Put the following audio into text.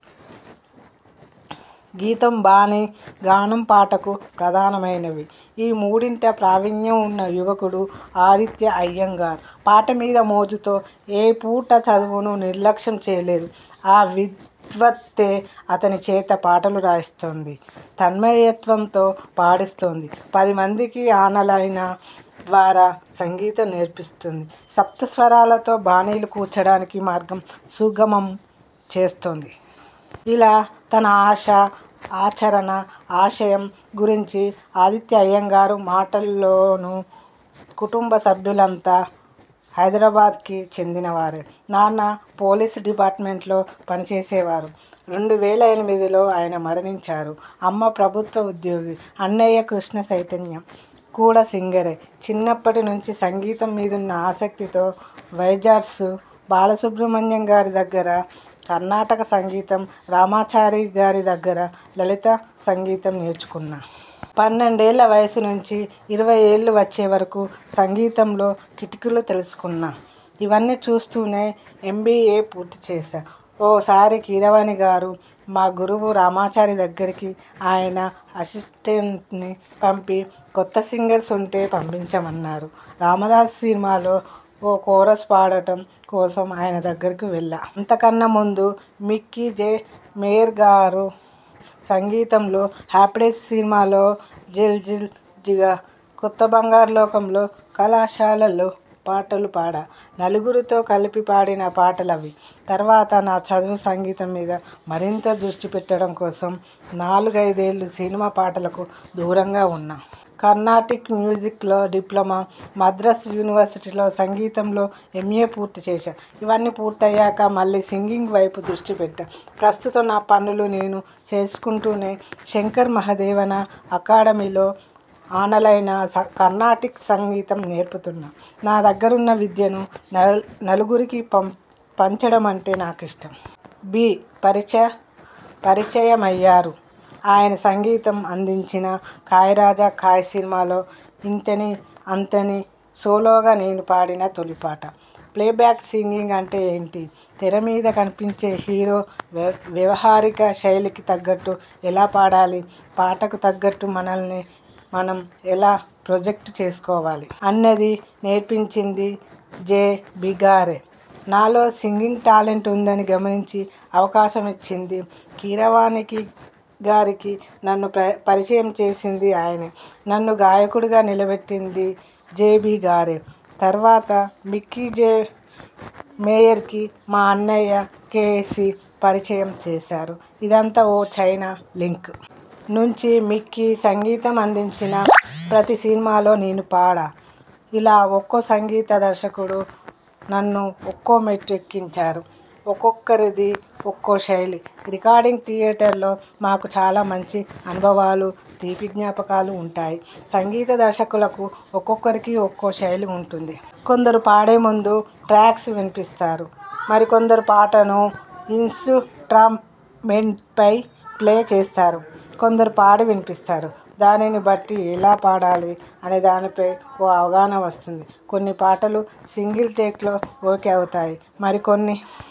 గీతం, బాణీ, గానంపాటకు ప్రధానమైనవి. ఈ మూడింట ప్రావీణ్యం ఉన్న యువకుడు ఆదిత్యా అయ్యంగార్. పాట మీద మోజుతో ఏ పూటా చదువును నిర్లక్ష్యం చెయ్యలేదు. ఆ విద్వత్తే.. అతని చేత పాటలు రాయిస్తోంది. తన్మయత్వంతో పాడిస్తోంది. పదిమందికి ఆనలైన ద్వారా సంగీతం నేర్పిస్తోంది. సప్తస్వరాలతో బాణీలు కూర్చడానికి మార్గం సుగమం చేస్తోంది. ఇలా తన ఆశ, ఆచరణ, ఆశయం గురించి ఆదిత్యా అయ్యంగార్ మాటల్లోమా కుటుంబ సభ్యులంతా హైదరాబాద్కి చెందినవారే. నాన్న పోలీస్ డిపార్ట్మెంట్లో పని చేసేవారు. రెండు వేల ఎనిమిదిలో ఆయన మరణించారు. అమ్మ ప్రభుత్వ ఉద్యోగి. అన్నయ్య కృష్ణ చైతన్య. కూడా సింగరే. చిన్నప్పటి నుంచి సంగీతం మీదున్న ఆసక్తితో వైజార్సు బాలసుబ్రహ్మణ్యంగారి దగ్గర కర్ణాటక సంగీతం, రామాచారిగారి దగ్గర లలిత సంగీతం నేర్చుకున్నా. పన్నెండేళ్ల వయసు నుంచి ఇరవై ఏళ్లు వచ్చేవరకు సంగీతంలో కిటుకులు తెలుసుకున్నా. ఇవన్నీ చేస్తూనే ఎం. బి. ఏ పూర్తి చేశా. ఓసారి కీరవాణిగారు మా గురువు రామాచారి దగ్గరికి ఆయన అసిస్టెంట్ని పంపి కొత్త సింగర్స్ ఉంటే పంపించమన్నారు. రామదాసు సినిమాలో ఓ కోరస్ పాడటం కోసం ఆయన దగ్గరకు వెళ్లా. అంతకన్నా ముందు మిక్కీ. జె. మేయర్గారు సంగీతంలో హ్యాపీడేస్ సినిమాలో జిల్జిల్ జిగా.., కొత్తబంగారు లోకం లో కళాశాలలో.. పాటలు పాడా. నలుగురితో కలిపి పాడిన పాటలవి. తర్వాత నా చదువు, సంగీతం మీద మరింత దృష్టి పెట్టడం కోసం నాలుగైదేళ్లు సినిమా పాటలకు దూరంగా ఉన్నా. కర్ణాటిక్ మ్యూజిక్లో డిప్లొమా, మద్రాస్ యూనివర్శిటీలో సంగీతంలో ఎం. ఎ పూర్తి చేశా. ఇవన్నీ పూర్తయ్యాక మళ్లీ సింగింగ్ వైపు దృష్టిపెట్టా. ప్రస్తుతం నా పనులు నేను చేసుకుంటూనే శంకర్ మహాదేవన అకాడమీలో ఆనలైనలో కర్ణాటిక్ సంగీతం నేర్పుతున్నా. నా దగ్గరున్న విద్యను నలుగురికి పంచడమంటే నాకిష్టం. బి పరిచయమయ్యారు. ఆయన సంగీతం అందించిన కాయ్ రాజా కాయ్ సినిమాలో ఇంతని అంతని.. సోలోగా నేను పాడిన తొలి పాట. ప్లేబ్యాక్ సింగింగ్ అంటే ఏంటి? తెర మీద కనిపించే హీరో వ్యావహారిక శైలికి తగ్గట్టు ఎలా పాడాలి? పాటకు తగ్గట్టు మనల్ని మనం ఎలా ప్రొజెక్ట్ చేసుకోవాలి? అన్నది నేర్పించింది జె. బిగారే. నాలో సింగింగ్ టాలెంట్ ఉందని గమనించి అవకాశం ఇచ్చిందీ, కీరవాణికిగారికి నన్ను పరిచయం చేసిందీ ఆయనే. నన్ను గాయకుడిగా నిలబెట్టింది జె. బి. గారే. తర్వాత మిక్కీ. జె. మేయర్కి మా అన్నయ్య కె. సి పరిచయం చేశాడు. ఇదంతా ఓ చైన లింక్. నుంచి మిక్కీ సంగీతం అందించిన ప్రతి సినిమాలో నేను పాడా. ఇలా ఒక్కో సంగీత దర్శకుడు నన్ను ఒక్కో మెట్టు ఎక్కించారు. ఒక్కొక్కరిది ఒక్కో శైలి.. రికార్డింగ్ థియేటర్లో మాకు చాలా మంచి అనుభవాలు, తీపి జ్ఞాపకాలు ఉంటాయి. సంగీత దర్శకులకు ఒక్కొక్కరికి ఒక్కో శైలి ఉంటుంది. కొందరు పాడే ముందు ట్రాక్స్ వినిపిస్తారు. మరికొందరు పాటను ఇనసు్ట్రమెంట్పై ప్లే చేస్తారు. కొందరు పాడి వినిపిస్తారు. దానిని బట్టి ఎలా పాడాలి అనేదానిపై ఓ అవగాహన వస్తుంది. కొన్ని పాటలు సింగిల్ టేక్లో ఓకే అవుతాయి. మరికొన్ని